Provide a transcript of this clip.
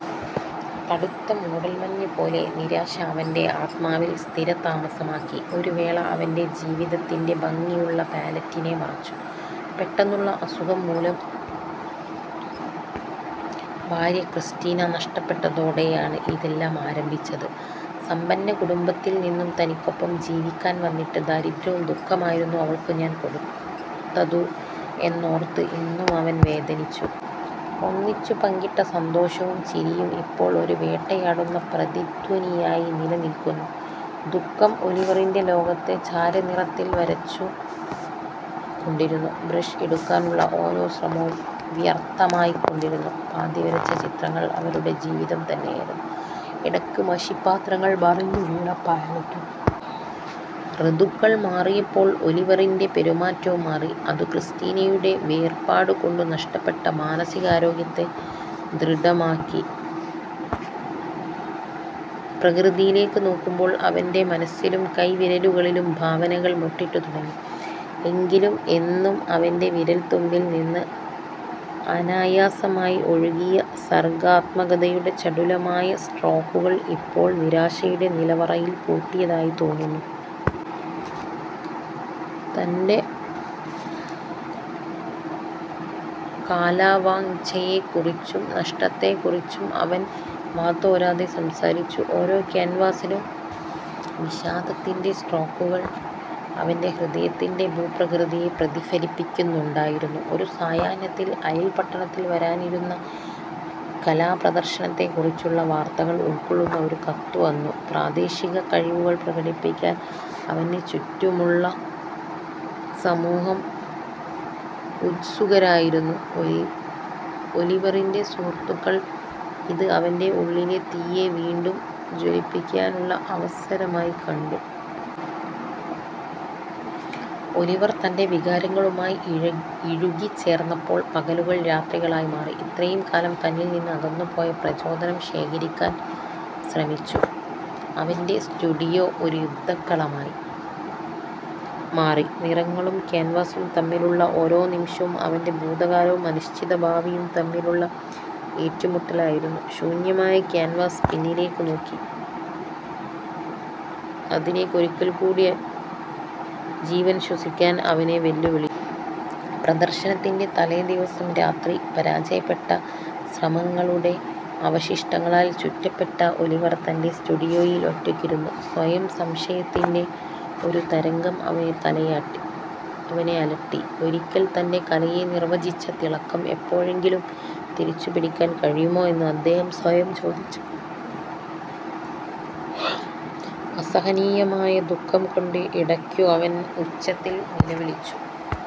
കടുത്ത മൂടൽമഞ്ഞ് പോലെ നിരാശ അവന്റെ ആത്മാവിൽ സ്ഥിരതാമസമാക്കി, ഒരു വേള അവന്റെ ജീവിതത്തിന്റെ ഭംഗിയുള്ള പാലറ്റിനെ മറച്ചു. പെട്ടെന്നുള്ള അസുഖം മൂലം ഭാര്യ ക്രിസ്റ്റീനാ നഷ്ടപ്പെട്ടതോടെയാണ് ഇതെല്ലാം ആരംഭിച്ചത്. സമ്പന്ന കുടുംബത്തിൽ നിന്നും തനിക്കൊപ്പം ജീവിക്കാൻ വന്നിട്ട് ദാരിദ്രവും ദുഖവുമായിരുന്നു അവൾക്കു താൻ കൊടുത്തതു എന്നോർത്ത് എന്നും അവൻ വേദനിച്ചു. ഒന്നിച്ചു പങ്കിട്ട സന്തോഷവും ചിരിയും ഇപ്പോൾ ഒരു വേട്ടയാടുന്ന പ്രതിധ്വനിയായി നിലനിൽക്കുന്നു. ദുഃഖം ഒലിവറിന്റെ ലോകത്തെ ചാരനിറത്തിൽ വരച്ചു കൊണ്ടിരുന്നു. ബ്രഷ് എടുക്കാനുള്ള ഓരോ ശ്രമവും വ്യർഥമായി കൊണ്ടിരുന്നു. പാതി വരച്ച ചിത്രങ്ങൾ അവരുടെ ജീവിതം തന്നെയായിരുന്നു. ഇടയ്ക്ക് മഷി പത്രങ്ങൾ മറിഞ്ഞു വീണ പാലെറ്റും. ഋതുക്കൾ മാറിയപ്പോൾ ഒലിവറിന്റെ പെരുമാറ്റവും മാറി. അതു ക്രിസ്റ്റീനയുടെ വേർപാടു കൊണ്ടു നഷ്ടപ്പെട്ട മാനസിക ആരോഗ്യത്തെ ദൃഢമാക്കി. പ്രകൃതിയിലേക്ക് നോക്കുമ്പോൾ അവന്റെ മനസ്സിലും കൈവിരലുകളിലും ഭാവനകൾ മൊട്ടിട്ടു തുടങ്ങി. എങ്കിലും എന്നും അവന്റെ വിരൽത്തുമ്പിൽ നിന്ന് അനായാസമായി ഒഴുകിയ സർഗാത്മകതയുടെ ചടുലമായ സ്ട്രോക്കുകൾ ഇപ്പോൾ നിരാശയുടെ നിലവറയിൽ പൂട്ടിയതായി തോന്നുന്നു. തന്റെ കലാവാഞ്ഛയെക്കുറിച്ചും നഷ്ടത്തെക്കുറിച്ചും അവൻ വാതോരാതെ സംസാരിച്ചു. ഓരോ ക്യാൻവാസിലും വിഷാദത്തിന്റെ സ്ട്രോക്കുകൾ അവന്റെ ഹൃദയത്തിന്റെ ഭൂപ്രകൃതിയെ പ്രതിഫലിപ്പിക്കുന്നുണ്ടായിരുന്നു. ഒരു സായാഹ്നത്തിൽ, അയൽപട്ടണത്തിൽ വരാനിരിക്കുന്ന കലാപ്രദർശനത്തെക്കുറിച്ചുള്ള വാർത്തകൾ ഉൾക്കൊള്ളുന്ന ഒരു കത്ത് വന്നു. പ്രാദേശിക കഴിവുകൾ പ്രകടിപ്പിക്കാൻ അവനു ചുറ്റുമുള്ള സമൂഹം ഉത്സുകരായിരുന്നു, ഒലിവറിന്റെ സുഹൃത്തുക്കൾ ഇത് അവന്റെ ഉള്ളിലെ തീയെ വീണ്ടും ജ്വലിപ്പിക്കാനുള്ള അവസരമായി കണ്ടു. ഒലിവർ തന്റെ വികാരങ്ങളുമായി ഇഴുകിച്ചേർന്നപ്പോൾ പകലുകൾ രാത്രികളായി മാറി, ഇത്രയും കാലം തന്നിൽ നിന്ന് അകന്നുപോയ പ്രചോദനം ശേഖരിക്കാൻ ശ്രമിച്ചു. അവന്റെ സ്റ്റുഡിയോ ഒരു യുദ്ധക്കളമായി മാറി. നിറങ്ങളും ക്യാൻവാസ്സും തമ്മിലുള്ള ഓരോ നിമിഷവും അവന്റെ ഭൂതകാലവും അനിശ്ചിത ഭാവിയും തമ്മിലുള്ള ഏറ്റുമുട്ടലായിരുന്നു. ശൂന്യമായ ക്യാൻവാസ് പിന്നിലേക്ക് നോക്കി, അതിലേക്ക് ഒരിക്കൽ കൂടി ജീവൻ ശ്വസിക്കാൻ അവനെ വെല്ലുവിളിച്ചു. പ്രദർശനത്തിന്റെ തലേദിവസം രാത്രി, പരാജയപ്പെട്ട ശ്രമങ്ങളുടെ അവശിഷ്ടങ്ങളാൽ ചുറ്റപ്പെട്ട ഒലിവർ തന്റെ സ്റ്റുഡിയോയിൽ ഒറ്റയ്ക്ക് ഇരുന്നു. സ്വയം സംശയത്തിന്റെ ഒരു തരംഗം അവനെ അലട്ടി, ഒരിക്കൽ തന്റെ കലയെ നിർവചിച്ച തിളക്കം എപ്പോഴെങ്കിലും തിരിച്ചുപിടിക്കാൻ കഴിയുമോ എന്ന് അദ്ദേഹം സ്വയംചോദിച്ചു. അസഹനീയമായ ദുഃഖം കൊണ്ടു ഇടയ്ക്കു അവൻ ഉച്ചത്തിൽ നിലവിളിച്ചു.